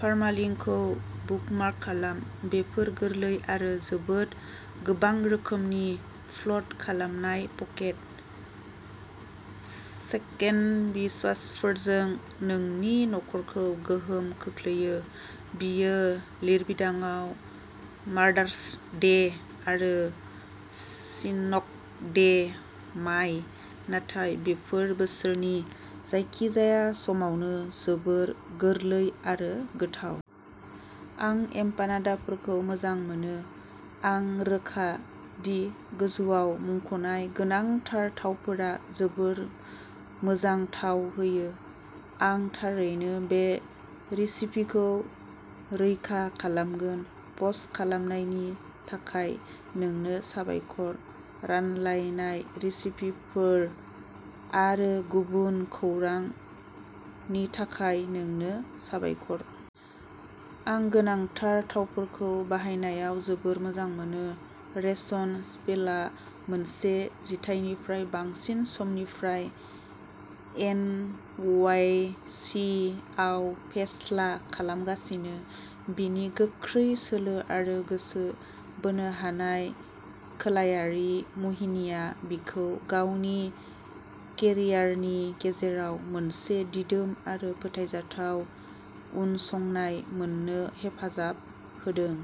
पारमालिंकखौ बुकमार्क खालाम। बेफोर गोरलै आरो जोबोद गोबां रोखोमनि फ्लद खालामनाय पकेट सेन्डविचफोरजों नोंनि नखरखौ गोहोम खोख्लैयो। बेयो लिरबिदांआव मादार्स डे आरो सिनक'दे माय'। नाथाय बेफोर बोसोरनि जायखिजाया समावनो जोबोद गोरलै आरो गोथाव! आं एम्पानाडाफोरखौ मोजां मोनो! आं रोखा दि गोजौआव मुंख'नाय गोनांथार थावफोरा जोबोद मोजां थाव होयो। आं थारैनो बे रेसिपिखौ रैखा खालामगोन! पस्ट खालामनायनि थाखाय नोंनो साबायखर। रानलायनाय रेसिपिफोर आरो गुबुन खौरांनि थाखाय नोंनो साबायखर। आं गोनांथार थावफोरखौ बाहायनायाव जोबोद मोजां मोनो। शेरन स्पेलआ मोनसे जिथाइनिफ्राय बांसिन समनिफ्राय एन. वाइ. सि. आव फेस्ला खालामगासिनो! बिनि गोख्रै सोलो आरो गोसो बोनो हानाय खोलायारि मुहिनिआ बिखौ गावनि केरियारनि गेजेराव मोनसे दिदोम आरो फोथायजाथाव उनसंनाय मोननो हेफाजाब होदों।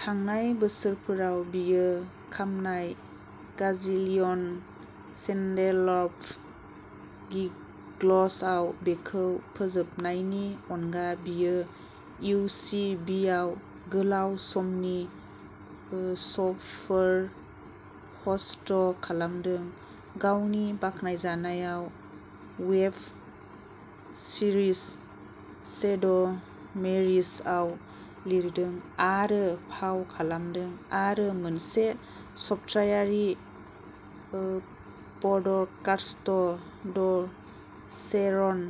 थांनाय बोसोरफोराव बियो खालामनाय गाजिलियन स्टेन्डआप गिग्सआव बेखौ फोजोबनायनि अनगा, बियो इउ. सि. बि. आव गोलाव समनि श'फोर ह'स्ट खालामदों, गावनि बाखनायजानाय वेब सिरिज "सेड मेरिज" आव लिरदों आरो फाव खालामदों, आरो मोनसे सप्तायारि पडकास्ट, "द शेरन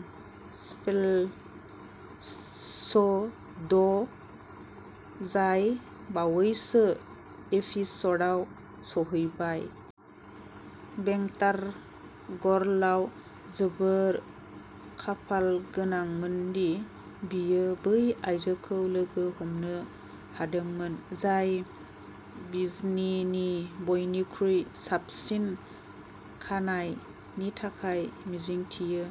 स्पेल शो" दं जाय बावैसो एपिस'डआव सौहैबाय। बेंटारगर्लआ जोबोद खाफालगोनांमोन दि बियो बै आइजोखौ लोगो हमनो हादोंमोन जाय "बिजनि बयनिख्रुइ साबसिन खानाय" नि थाखाय मिथिजायो।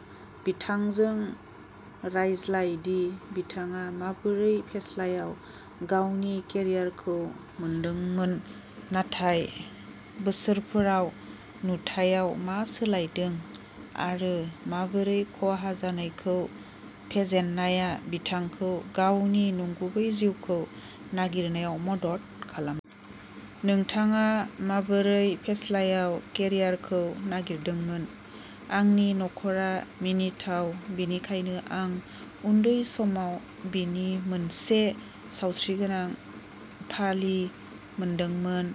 बिथांजों रायज्लाय दि बिथाङा माबोरै फेस्लायाव गावनि केरियारखौ मोनदोंमोन, थांनाय बोसोरफोराव नुथायाव मा सोलायदों, आरो माबोरै खहा जानायखौ फेजेननाया बिथांखौ गावनि नंगुबै जिउखौ नागिरनायाव मदद खालामदों। नोंथाङा माबोरै फेस्लायाव केरियारखौ नागिरदोंमोन? आंनि नखरा मिनिथाव, बेनिखायनो आं उन्दै समाव बेनि मोनसे सावस्रिगोनां फालि मोनदोंमोन।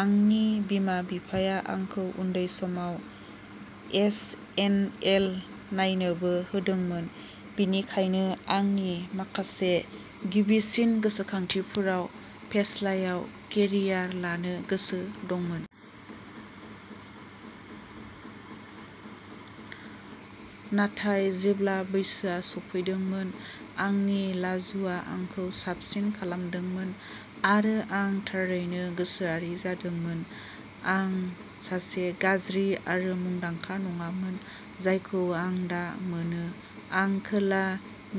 आंनि बिमा-बिफाया आंखौ उन्दै समाव एसएनएल नायनोबो होदोंमोन, बेनिखायनो आंनि माखासे गिबिसिन गोसोखांथिफोराव फेस्लायाव केरियार लानो गोसो दंमोन। नाथाय, जेब्ला बैसोआ सौफैदोंमोन, आंनि लाजुआ आंखौ साबसिन खालामदोंमोन, आरो आं थारैनो गोसोआरि जादोंमोन। आं सासे गाज्रि आरो मुंदांखा नङामोन, जायखौ आं दा मोनोः आं खोला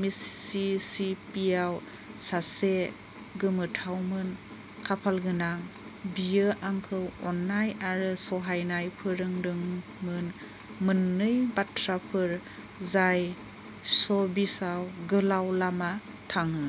मिसिसिपीआव सासे गोमोथावमोन। खाफालगोनांै, बियो आंखौ अननाय आरो सहायनाय फोरोंदोंमोन-मोननै बाथ्राफोर जाय श'बिजआव गोलाव लामा थाङो।